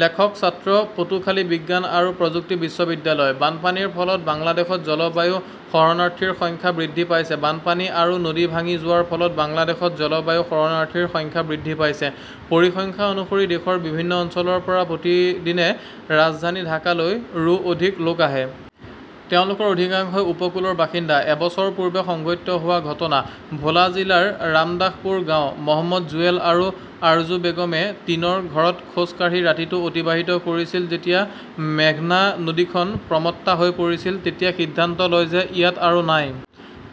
লেখকঃ ছাত্ৰ, পটুখালি বিজ্ঞান আৰু প্ৰযুক্তি বিশ্ববিদ্যালয়। বানপানীৰ ফলত বাংলাদেশত জলবায়ু শৰণাৰ্থীৰ সংখ্যা বৃদ্ধি পাইছে বানপানী আৰু নদী ভাঙি যোৱাৰ ফলত বাংলাদেশত জলবায়ু শৰণাৰ্থীৰ সংখ্যা বৃদ্ধি পাইছে। পৰিসংখ্যা অনুসৰি দেশৰ বিভিন্ন অঞ্চলৰ পৰা প্ৰতিদিনে ৰাজধানী ঢাকালৈ, ৰো অধিক লোক আহে। তেওঁলোকৰ অধিকাংশই উপকূলৰ বাসিন্দা। এবছৰ পূৰ্বে সংঘটিত হোৱা ঘটনা। ভোলা জিলাৰ ৰামদাসপুৰ গাঁও। মহম্মদ জুৱেল আৰু আৰ্জু বেগমে টিনৰ ঘৰত খোজ কাঢ়ি ৰাতিটো অতিবাহিত কৰিছিল যেতিয়া মেঘনা নদীখন প্ৰমট্টা হৈ পৰিছিল। তেতিয়া সিদ্ধান্ত লয় যে ইয়াত আৰু নাই।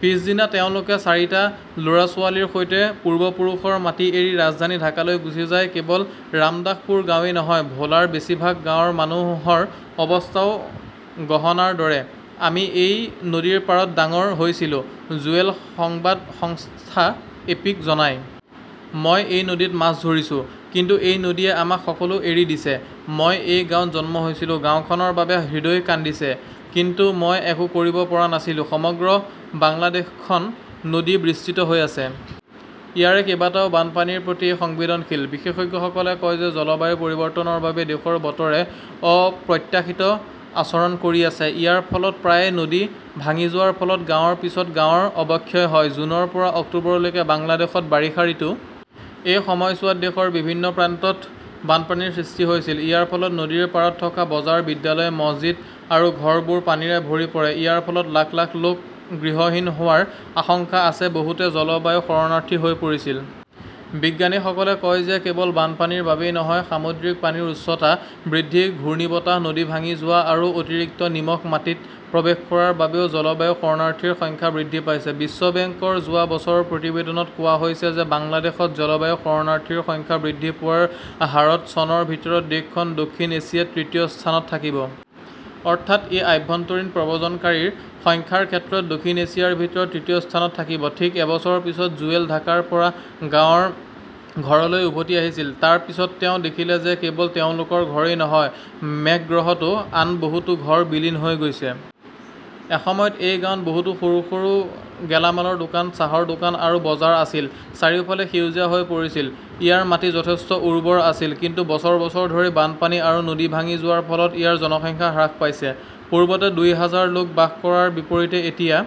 পিছদিনা তেওঁলোকে চাৰিটা ল "ৰা-ছোৱালীৰ সৈতে পূৰ্বপুৰুষৰ মাটি এৰি ৰাজধানী ঢাকালৈ গুচি যায়। কেৱল ৰামদাসপুৰ গাঁৱেই নহয়, ভোলাৰ বেছিভাগ গাঁৱৰ মানুহৰ অৱস্থাও গহনাৰ দৰে। আমি এই নদীৰ পাৰত ডাঙৰ হৈছিলো ", জুৱেলে সংবাদ সংস্থা এপিক জনায়। মই এই নদীত মাছ ধৰিছো। কিন্তু এই নদীয়ে আমাক সকলো এৰি দিছে। মই এই গাঁৱত জন্ম হৈছিলো। গাওঁখনৰ বাবে হৃদয় কান্দিছে। কিন্তু মই একো কৰিব পৰা নাছিলো। সমগ্ৰ বাংলাদেশত খন নদী বিস্তৃত হৈ আছে। ইয়াৰে কেইবাটাও বানপানীৰ প্ৰতি সংবেদনশীল। বিশেষজ্ঞসকলে কয় যে জলবায়ু পৰিৱৰ্তনৰ বাবে দেশৰ বতৰে অপ্ৰত্যাশিত আচৰণ কৰি আছে। ইয়াৰ ফলত প্ৰায়ে নদী ভাঙি যোৱাৰ ফলত গাঁৱৰ পিছত গাঁৱৰ অৱক্ষয় হয়। জুনৰ পৰা অক্টোবৰলৈকে বাংলাদেশত বাৰিষা ঋতু। এই সময়ছোৱাত দেশৰ বিভিন্ন প্ৰান্তত বানপানীৰ সৃষ্টি হৈছিল। ইয়াৰ ফলত নদীৰ পাৰত থকা বজাৰ, বিদ্যালয়, মছজিদ আৰু ঘৰবোৰ পানীৰে ভৰি পৰে। ইয়াৰ ফলত লাখ লাখ লোক গৃহহীন হোৱাৰ আশংকা আছে। বহুতে 'জলবায়ু শৰণাৰ্থী "হৈ পৰিছিল। বিজ্ঞানীসকলে কয় যে কেৱল বানপানীৰ বাবেই নহয়, সামুদ্ৰিক পানীৰ উচ্চতা বৃদ্ধি, ঘূৰ্ণীবতাহ, নদী ভাঙি যোৱা আৰু অতিৰিক্ত নিমখ মাটিত প্ৰৱেশ কৰাৰ বাবেও জলবায়ু শৰণাৰ্থীৰ সংখ্যা বৃদ্ধি পাইছে। বিশ্ব বেংকৰ যোৱা বছৰৰ প্ৰতিবেদনত কোৱা হৈছে যে বাংলাদেশত জলবায়ু শৰণাৰ্থীৰ সংখ্যা বৃদ্ধি পোৱাৰ হাৰত চনৰ ভিতৰত দেশখন দক্ষিণ এছিয়াত তৃতীয় স্থানত থাকিব। অৰ্থাৎ ই আভ্যন্তৰীণ প্ৰব্ৰজনকাৰীৰ সংখ্যাৰ ক্ষেত্ৰত দক্ষিণ এছিয়াৰ ভিতৰত তৃতীয় স্থানত থাকিব। ঠিক এবছৰৰ পিছত জুৱেল ঢাকাৰ পৰা গাঁৱৰ ঘৰলৈ উভতি আহিছিল। তাৰ পিছত তেওঁ দেখিলে যে কেৱল তেওঁলোকৰ ঘৰেই নহয়, মেঘগ্ৰহতো আন বহুতো ঘৰ বিলীন হৈ গৈছে। এসময়ত এই গাঁৱত বহুতো সৰু সৰু গেলামালৰ দোকান, চাহৰ দোকান আৰু বজাৰ আছিল। চাৰিওফাল সেউজীয়া হৈ পৰিছিল। ইয়াৰ মাটি যথেষ্ট উৰ্বৰ আছিল। কিন্তু বছৰ বছৰ ধৰি বানপানী আৰু নদী ভাঙি যোৱাৰ ফলত ইয়াৰ জনসংখ্যা হ্ৰাস পাইছে। পূৰ্বতে দুই হাজাৰ লোক বাস কৰাৰ বিপৰীতে এতিয়া